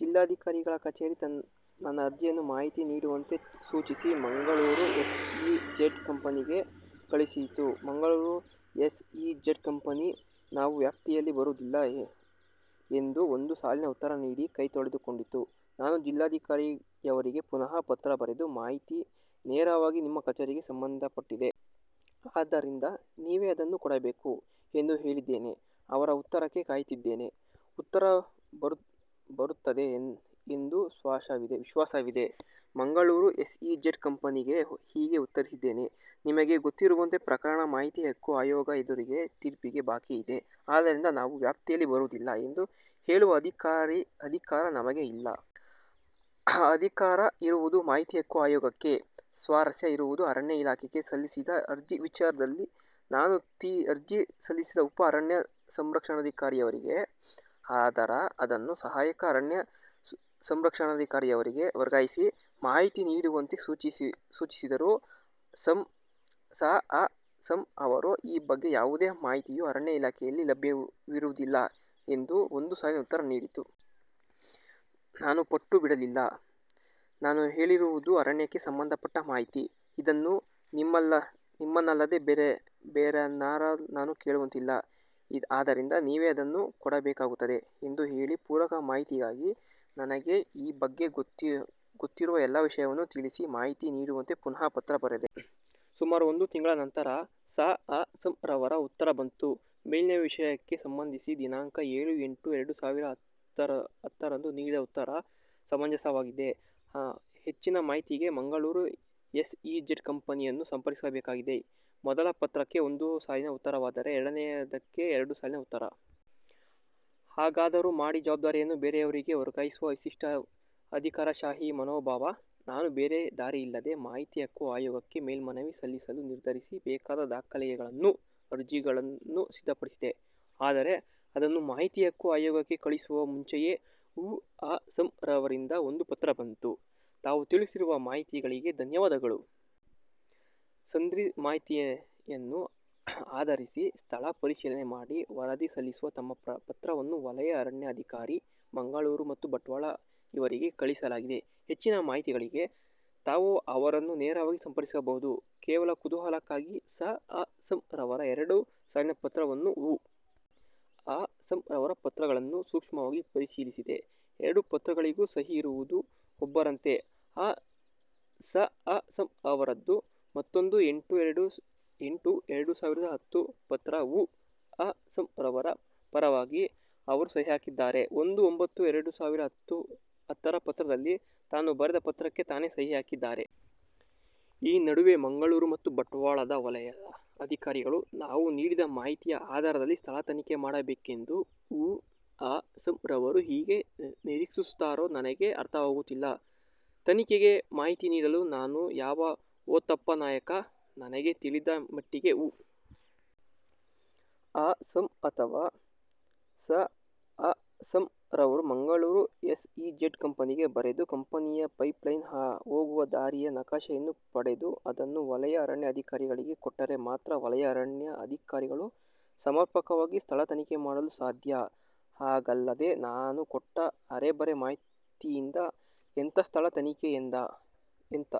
ಜಿಲ್ಲಾಧಿಕಾರಿಗಳ ಕಛೇರಿ ನನ್ನ ಅರ್ಜಿಯನ್ನು-ಮಾಹಿತಿ ನೀಡುವಂತೆ ಸೂಚಿಸಿ-ಮಂಗಳೂರು ಎಸ್ ಇ ಝಡ್ ಕಂಪೆನಿಗೆ ಕಳಿಸಿಕೊಟ್ಟಿತು. Mangaluru S E Z company "ನಾವು ವ್ಯಾಪ್ತಿಯಲ್ಲಿ ಬರುವುದಿಲ್ಲ" ಎಂಬ ಒಂದು ಸಾಲಿನ ಉತ್ತರ ನೀಡಿ ಕೈ ತೊಳೆದುಕೊಂಡಿತು. ನಾನು ಜಿಲ್ಲಾಧಿಕಾರಿಯವರಿಗೆ ಪುನಃ ಪತ್ರ ಬರೆದು "ಮಾಹಿತಿ ನೇರವಾಗಿ ನಿಮ್ಮ ಕಛೇರಿಗೆ ಸಂಬಂಧಪಟ್ಟಿದೆ. ಆದ್ದರಿಂದ ನೀವೇ ಅದನ್ನು ಕೊಡಬೇಕು" ಎಂದು ಕೇಳಿದ್ದೇನೆ. ಅವರ ಉತ್ತರಕ್ಕೆ ಕಾಯುತ್ತಿದ್ದೇನೆ. ಉತ್ತರ ಬರುತ್ತದೆ ಎಂಬ ವಿಶ್ವಾಸವಿದೆ. ಮಂಗಳೂರು ಎಸ್ ಇ ಝಡ್ ಕಂಪೆನಿಗೆ ಹೀಗೆ ಉತ್ತರಿಸಿದ್ದೇನೆ: "ನಿಮಗೆ ಗೊತ್ತಿರುವಂತೆ ಪ್ರಕರಣ ಮಾಹಿತಿ ಹಕ್ಕು ಆಯೋಗದ ಎದುರಿಗೆ ತೀರ್ಪಿಗೆ ಬಾಕಿ ಇದೆ. ಆದ್ದರಿಂದ "ನಾವು ವ್ಯಾಪ್ತಿಯಲ್ಲಿ ಬರುವುದಿಲ್ಲ" ಎಂದು ಹೇಳುವ ಅಧಿಕಾರ ನಿಮಗೆ ಇಲ್ಲ. ಆ ಅಧಿಕಾರ ಇರುವುದು ಮಾಹಿತಿ ಹಕ್ಕು ಆಯೋಗಕ್ಕೆ" ಸ್ವಾರಸ್ಯ ಇರುವುದು ಅರಣ್ಯ ಇಲಾಖೆಗೆ ಸಲ್ಲಿಸಿದ ಅರ್ಜಿ ವಿಚಾರದಲ್ಲಿ. ನಾನು ಅರ್ಜಿ ಸಲ್ಲಿಸಿದ್ದು ಉಪ ಅರಣ್ಯ ಸಂರಕ್ಷಣಾಧಿಕಾರಿಯವರಿಗೆ. ಅವರು ಅದನ್ನು ಸಹಾಯಕ ಅರಣ್ಯ ಸಂರಕ್ಷಣಾಧಿಕಾರಿಯವರಿಗೆ ವರ್ಗಾಯಿಸಿ, ಮಾಹಿತಿ ನೀಡುವಂತೆ ಸೂಚಿಸಿದರು. ಸ. ಅ. ಸಂ. ರವರು "ಈ ಬಗ್ಗೆ ಯಾವುದೇ ಮಾಹಿತಿಯು ಅರಣ್ಯ ಇಲಾಖೆಯಲ್ಲಿ ಲಭ್ಯವಿರುವುದಿಲ್ಲ" ಎಂಬ ಒಂದು ಸಾಲಿನ ಉತ್ತರ ನೀಡಿದರು. ನಾನು ಪಟ್ಟು ಬಿಡಲಿಲ್ಲ. "ನಾನು ಕೇಳಿರುವುದು ಅರಣ್ಯಕ್ಕೆ ಸಂಬಂಧಪಟ್ಟ ಮಾಹಿತಿ. ಅದನ್ನು ನಿಮ್ಮನ್ನಲ್ಲದೆ ಬೇರಾರನ್ನೂ ನಾನು ಕೇಳುವಂತಿಲ್ಲ. ಆದ್ದರಿಂದ ನೀವೇ ಅದನ್ನು ಕೊಡಬೇಕಾಗುತ್ತದೆ" ಎಂದು ಹೇಳಿ ಪೂರಕ ಮಾಹಿತಿಯಾಗಿ, ನನಗೆ ಈ ಬಗ್ಗೆ ಗೊತ್ತಿರುವ ಎಲ್ಲ ವಿಷಯವನ್ನೂ ತಿಳಿಸಿ, ಮಾಹಿತಿ ನೀಡುವಂತೆ ಪುನಃ ಪತ್ರ ಬರೆದೆ. ಸುಮಾರು ಒಂದು ತಿಂಗಳ ನಂತರ ಸ. ಅ. ಸಂ. ರವರ ಉತ್ತರ ಬಂತು: "ಮೇಲಿನ ವಿಷಯಕ್ಕೆ ಸಂಬಂಧಿಸಿ ದಿನಾಂಕ ಎಳು -ಎಂಟು-ಎರಡು ಸಾವಿರದ ಹತ್ತರಂದು ನೀಡಿದ ಉತ್ತರವು ಸಮಂಜಸವಾಗಿದೆ. ಹೆಚ್ಚಿನ ಮಾಹಿತಿಗಳಿಗೆ ಮಂಗಳೂರು ಎಸ್ ಇ ಝಡ್ ಕಂಪೆನಿಯನ್ನು ಸಂಪರ್ಕಿಸಬಹುದಾಗಿದೆ". ಮೊದಲ ಪತ್ರಕ್ಕೆ ಒಂದು ಸಾಲಿನ ಉತ್ತರವಾದರೆ, ಎರಡನೆಯದಕ್ಕೆ ಎರಡು ಸಾಲಿನ ಉತ್ತರ! ಹೇಗಾದರೂ ಮಾಡಿ ಜವಾಬ್ದಾರಿಯನ್ನು ಬೇರೆಯವರಿಗೆ ವರ್ಗಾಯಿಸುವ ವಿಶಿಷ್ಟ ಅಧಿಕಾರಶಾಹಿ ಮನೋಭಾವ. ನಾನು ಬೇರೆ ದಾರಿ ಇಲ್ಲದೆ, ಮಾಹಿತಿ ಹಕ್ಕು ಆಯೋಗಕ್ಕೆ ಮೇಲ್ಮನವಿ ಸಲ್ಲಿಸಲು ನಿರ್ಧರಿಸಿ ಬೇಕಾದ ದಾಖಲೆಗಳನ್ನೂ, ಅರ್ಜಿಯನ್ನೂ ಸಿದ್ದಪಡಿಸಿದೆ. ಆದರೆ ಅದನ್ನು ಮಾಹಿತಿ ಹಕ್ಕು ಆಯೋಗಕ್ಕೆ ಕಳಿಸುವ ಮುಂಚೆಯೇ ಉ. ಅ. ಸಂ. ರವರಿಂದ ಒಂದು ಪತ್ರ ಬಂತು: "ತಾವು ತಿಳಿಸಿರುವ ಮಾಹಿತಿಗಳಿಗೆ ಧನ್ಯವಾದಗಳು. ಸದ್ರಿ ಮಾಹಿತಿಯನ್ನು ಆಧರಿಸಿ ಸ್ಥಳ ಪರಿಶೀಲನೆ ಮಾಡಿ ವರದಿ ಸಲ್ಲಿಸಲು ತಮ್ಮ ಪತ್ರವನ್ನು ವಲಯ ಅರಣ್ಯ ಅಧಿಕಾರಿ, ಮಂಗಳೂರು ಮತ್ತು ಬಂಟ್ವಾಳ ಇವರಿಗೆ ಕಳುಹಿಸಲಾಗಿದೆ. ಹೆಚ್ಚಿನ ಮಾಹಿತಿಗಳಿಗೆ ತಾವು ಅವರನ್ನು ನೇರವಾಗಿ ಸಂಪರ್ಕಿಸಬಹುದು". ಕೇವಲ ಕುತೂಹಲಕ್ಕಾಗಿ ಸ. ಅ. ಸಂ. ರವರ ಎರಡು ಸಾಲಿನ ಪತ್ರವನ್ನೂ, ಉ. ಅ. ಸಂ. ರವರ ಪತ್ರವನ್ನೂ ಸೂಕ್ಷ್ಮವಾಗಿ ಪರಿಶೀಲಿಸಿದೆ. ಎರಡು ಪತ್ರಗಳಿಗೂ ಸಹಿ ಇರುವುದು ಒಬ್ಬರದ್ದೇ: ಸ. ಅ. ಸಂ. ರವರದ್ದು. ಮೂವತ್ತೊಂದು -ಎಂಟು -ಎರಡು ಸಾವಿರದ ಹತ್ತರ ಪತ್ರದಲ್ಲಿ ಉ. ಅ. ಸಂ. ರವರ ಪರವಾಗಿ ಅವರು ಸಹಿ ಹಾಕಿದ್ದರೆ, ಒಂದು -ಒಂಭತ್ತು-ಎರಡು ಸಾವಿರದ ಹತ್ತರ ಪತ್ರದಲ್ಲಿ ತಾನು ಬರೆದ ಪತ್ರಕ್ಕೆ ತಾನೇ ಸಹಿ ಹಾಕಿದ್ದಾರೆ. ಈ ನಡುವೆ ಮಂಗಳೂರು ಮತ್ತು ಬಂಟ್ವಾಳದ ವಲಯ ಅಧಿಕಾರಿಗಳು ನಾನು ನೀಡಿದ ಮಾಹಿತಿಯ ಆಧಾರದಲ್ಲಿ ಸ್ಥಳ ತನಿಖೆ ನಡೆಸಬೇಕೆಂದು ಉ. ಅ. ಸಂ. ರವರು ಹೇಗೆ ನಿರೀಕ್ಷಿಸುತ್ತಾರೋ ನನಗೆ ಅರ್ಥವಾಗುವುದಿಲ್ಲ. ಇಲಾಖೆಗೆ ಮಾಹಿತಿ ನೀಡಲು ನಾನು ಯಾವ ಪೋತಪ್ಪ ನಾಯಕ? ನನಗೆ ತಿಳಿದ ಮಟ್ಟಿಗೆ ಉ. ಅ. ಸಂ. ಅಥವಾ ಸ. ಅ. ಸಂ. ರವರು ಮಂಗಳೂರು ಎಸ್ ಇ ಝಡ್ ಕಂಪೆನಿಗೆ ಬರೆದು, ಕಂಪೆನಿಯ ಪೈಪ್ ಲೈನ್ ಹೋಗುವ ದಾರಿಯ ನಕಾಶೆಯನ್ನು ಪಡೆದು, ಅದನ್ನು ವಲಯ ಅರಣ್ಯ ಅಧಿಕಾರಿಗಳಿಗೆ ಕೊಟ್ಟರೆ ಮಾತ್ರ ವಲಯ ಅರಣ್ಯ ಅಧಿಕಾರಿಗಳು ಸಮರ್ಪಕವಾಗಿ ಸ್ಥಳ ತನಿಖೆ ನಡೆಸಲು ಸಾಧ್ಯ. ಹಾಗಲ್ಲದೆ ನಾನು ಕೊಟ್ಟ ಅರೆಬರೆ ಮಾಹಿತಿಯಿಂದ ಎಂಥ ಸ್ಥಳ ತನಿಖೆ? ಎಂಥ